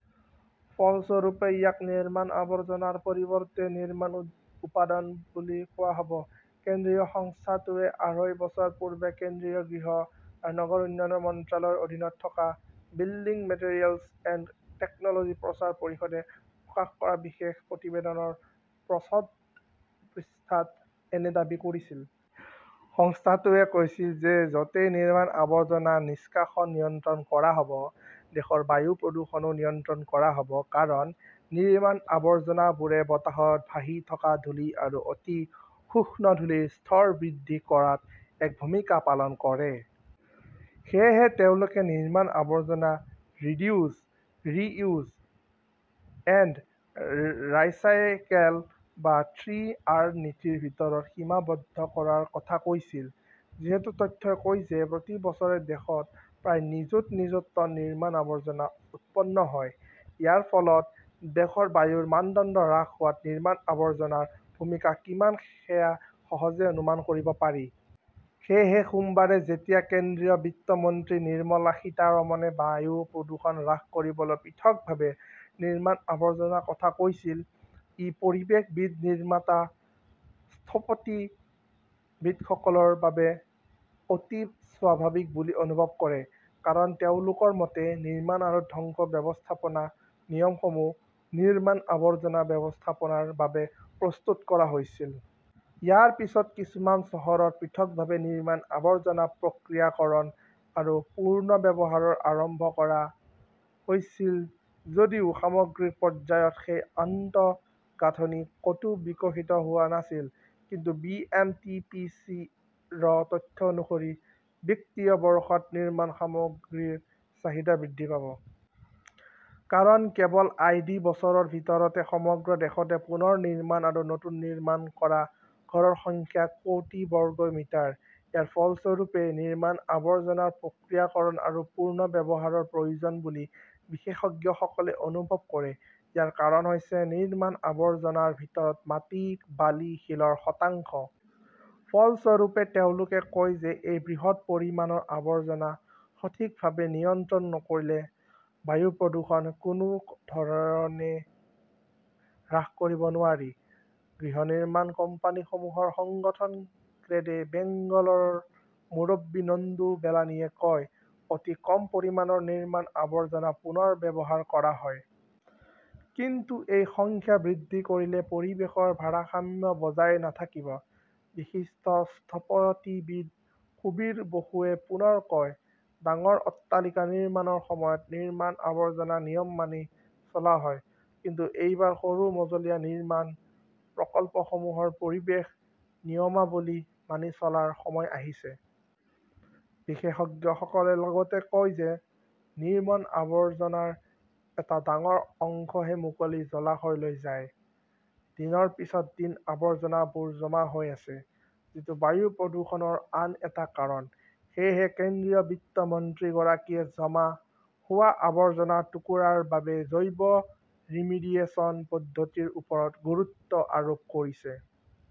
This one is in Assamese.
ফলস্বৰূপে, ইয়াক নিৰ্মাণ-আৱৰ্জনাৰ পৰিৱৰ্তে নিৰ্মাণ-উপাদান বুলি কোৱা হ'ব। কেন্দ্ৰীয় সংস্থাটোৱে আঢ়ৈ বছৰ পূৰ্বে কেন্দ্ৰীয় গৃহ আৰু নগৰ উন্নয়ন মন্ত্ৰালয়ৰ অধীনত থকা বিল্ডিং মেটেৰিয়েলছ এণ্ড টেকন'লজি প্ৰচাৰ পৰিষদে প্ৰকাশ কৰা বিশেষ প্ৰতিবেদনৰ প্ৰচ্ছদ পৃষ্ঠাত এনে দাবী কৰিছিল। সংস্থাটোৱে কৈছিল যে য'তেই নিৰ্মাণ-আৱৰ্জনা নিষ্কাশন নিয়ন্ত্ৰণ কৰা হ'ব, দেশৰ বায়ু প্ৰদূষণও নিয়ন্ত্ৰণ কৰা হ'ব। কাৰণ, নিৰ্মাণ আৱৰ্জনাবোৰে বতাহত ভাহি থকা ধূলি আৰু অতি সূক্ষ্ম ধূলিৰ স্তৰ বৃদ্ধি কৰাত এক ভূমিকা পালন কৰে। সেয়েহে তেওঁলোকে নিৰ্মাণ-আৱৰ্জনা ৰিডিউছ, ৰি-ইউজ এণ্ড ৰাইচিকেল বা থ্ৰী আৰ নীতিৰ ভিতৰত সীমাবদ্ধ কৰাৰ কথা কৈছিল। যিহেতু তথ্যই কয় যে প্ৰতি বছৰে দেশত প্ৰায় নিযুত নিযুত টন নিৰ্মাণ-আৱৰ্জনা উৎপন্ন হয়। ইয়াৰ ফলত দেশৰ বায়ুৰ মানদণ্ড হ্ৰাস হোৱাত নিৰ্মাণ-আৱৰ্জনাৰ ভূমিকা কিমান সেয়া সহজে অনুমান কৰিব পাৰি। সেয়েহে সোমবাৰে যেতিয়া কেন্দ্ৰীয় বিত্ত মন্ত্ৰী নিৰ্মলা সীতাৰমণে বায়ু প্ৰদূষণ হ্ৰাস কৰিবলৈ পৃথকভাৱে নিৰ্মাণ-আৱৰ্জনাৰ কথা কৈছিল, ই পৰিৱেশবিদ-নিৰ্মাতা-স্থপতিবিদসকলৰ বাবে অতি স্বাভাৱিক বুলি অনুভৱ কৰে। কাৰণ তেওঁলোকৰ মতে, নিৰ্মাণ আৰু ধ্বংস ব্যৱস্থাপনা নিয়মসমূহ, নিৰ্মাণ-আৱৰ্জনা ব্যৱস্থাপনাৰ বাবে প্ৰস্তুত কৰা হৈছিল। ইয়াৰ পিছত কিছুমান চহৰত পৃথকভাৱে নিৰ্মাণ আৱৰ্জনা প্ৰক্ৰিয়াকৰণ আৰু পুনৰ্ব্যৱহাৰ আৰম্ভ কৰা হৈছিল যদিও সামগ্ৰিক পৰ্যায়ত সেই আন্তঃগাঁথনি ক'তো বিকশিত হোৱা নাছিল। কিন্তু B. M. T. P. C. -ৰ তথ্য অনুসৰি বিত্তীয় বৰ্ষত নিৰ্মাণ সামগ্ৰীৰ চাহিদা বৃদ্ধি পাব। কাৰণ, কেৱল আই. ডি. বছৰৰ ভিতৰতে সমগ্ৰ দেশতে পুনৰ নিৰ্মাণ আৰু নতুন নিৰ্মাণ কৰা ঘৰৰ সংখ্যা কোটি বৰ্গ মিটাৰ! ইয়াৰ ফলস্বৰূপে নিৰ্মাণ আৱৰ্জনাৰ প্ৰক্ৰিয়াকৰণ আৰু পুনৰ্ব্যৱহাৰৰ প্ৰয়োজন বুলি বিশেষজ্ঞসকলে অনুভৱ কৰে। ইয়াৰ কাৰণ হৈছে নিৰ্মাণ-আৱৰ্জনাৰ ভিতৰত মাটি, বালি, শিলৰ শতাংশ। ফলস্বৰূপে, তেওঁলোকে কয় যে এই বৃহৎ পৰিমাণৰ আৱৰ্জনা সঠিকভাৱে নিয়ন্ত্ৰণ নকৰিলে বায়ু প্ৰদূষণ কোনো ধৰণে হ্ৰাস কৰিব নোৱাৰি। গৃহ নিৰ্মাণ কোম্পানীসমূহৰ সংগঠন ক্ৰেডে বেংগলৰ মুৰব্বী নন্দু বেলানীয়ে কয়, অতি কম পৰিমাণৰ নিৰ্মাণ-আৱৰ্জনা পুনৰ ব্যৱহাৰ কৰা হয়। কিন্তু এই সংখ্যা বৃদ্ধি কৰিলে পৰিৱেশৰ ভাৰসাম্য বজাই নাথাকিব। বিশিষ্ট স্থপতিবিদ সুবীৰ বসুৱে পুনৰ কয়, ডাঙৰ অট্টালিকা নিৰ্মাণৰ সময়ত নিৰ্মাণ-আৱৰ্জনা নিয়ম মানি চলা হয়। কিন্তু এইবাৰ সৰু-মজলীয়া নিৰ্মাণ প্ৰকল্পসমূহৰ পৰিৱেশ নিয়মাৱলী মানি চলাৰ সময় আহিছে। বিশেষজ্ঞসকলে লগতে কয় যে নিৰ্মাণ-আৱৰ্জনাৰ এটা ডাঙৰ অংশহে মুকলি জলাশয়লৈ যায়। দিনৰ পিছত দিন আৱৰ্জনাবোৰ জমা হৈ আছে। যিটো বায়ু প্ৰদূষণৰ আন এটা কাৰণ। সেয়েহে কেন্দ্ৰীয় বিত্ত মন্ত্ৰীগৰাকীয়ে জমা হোৱা আৱৰ্জনাৰ টুকুৰা ৰ বাবে জৈৱ-ৰিমিডিয়েচন পদ্ধতিৰ ওপৰত গুৰুত্ব আৰোপ কৰিছে।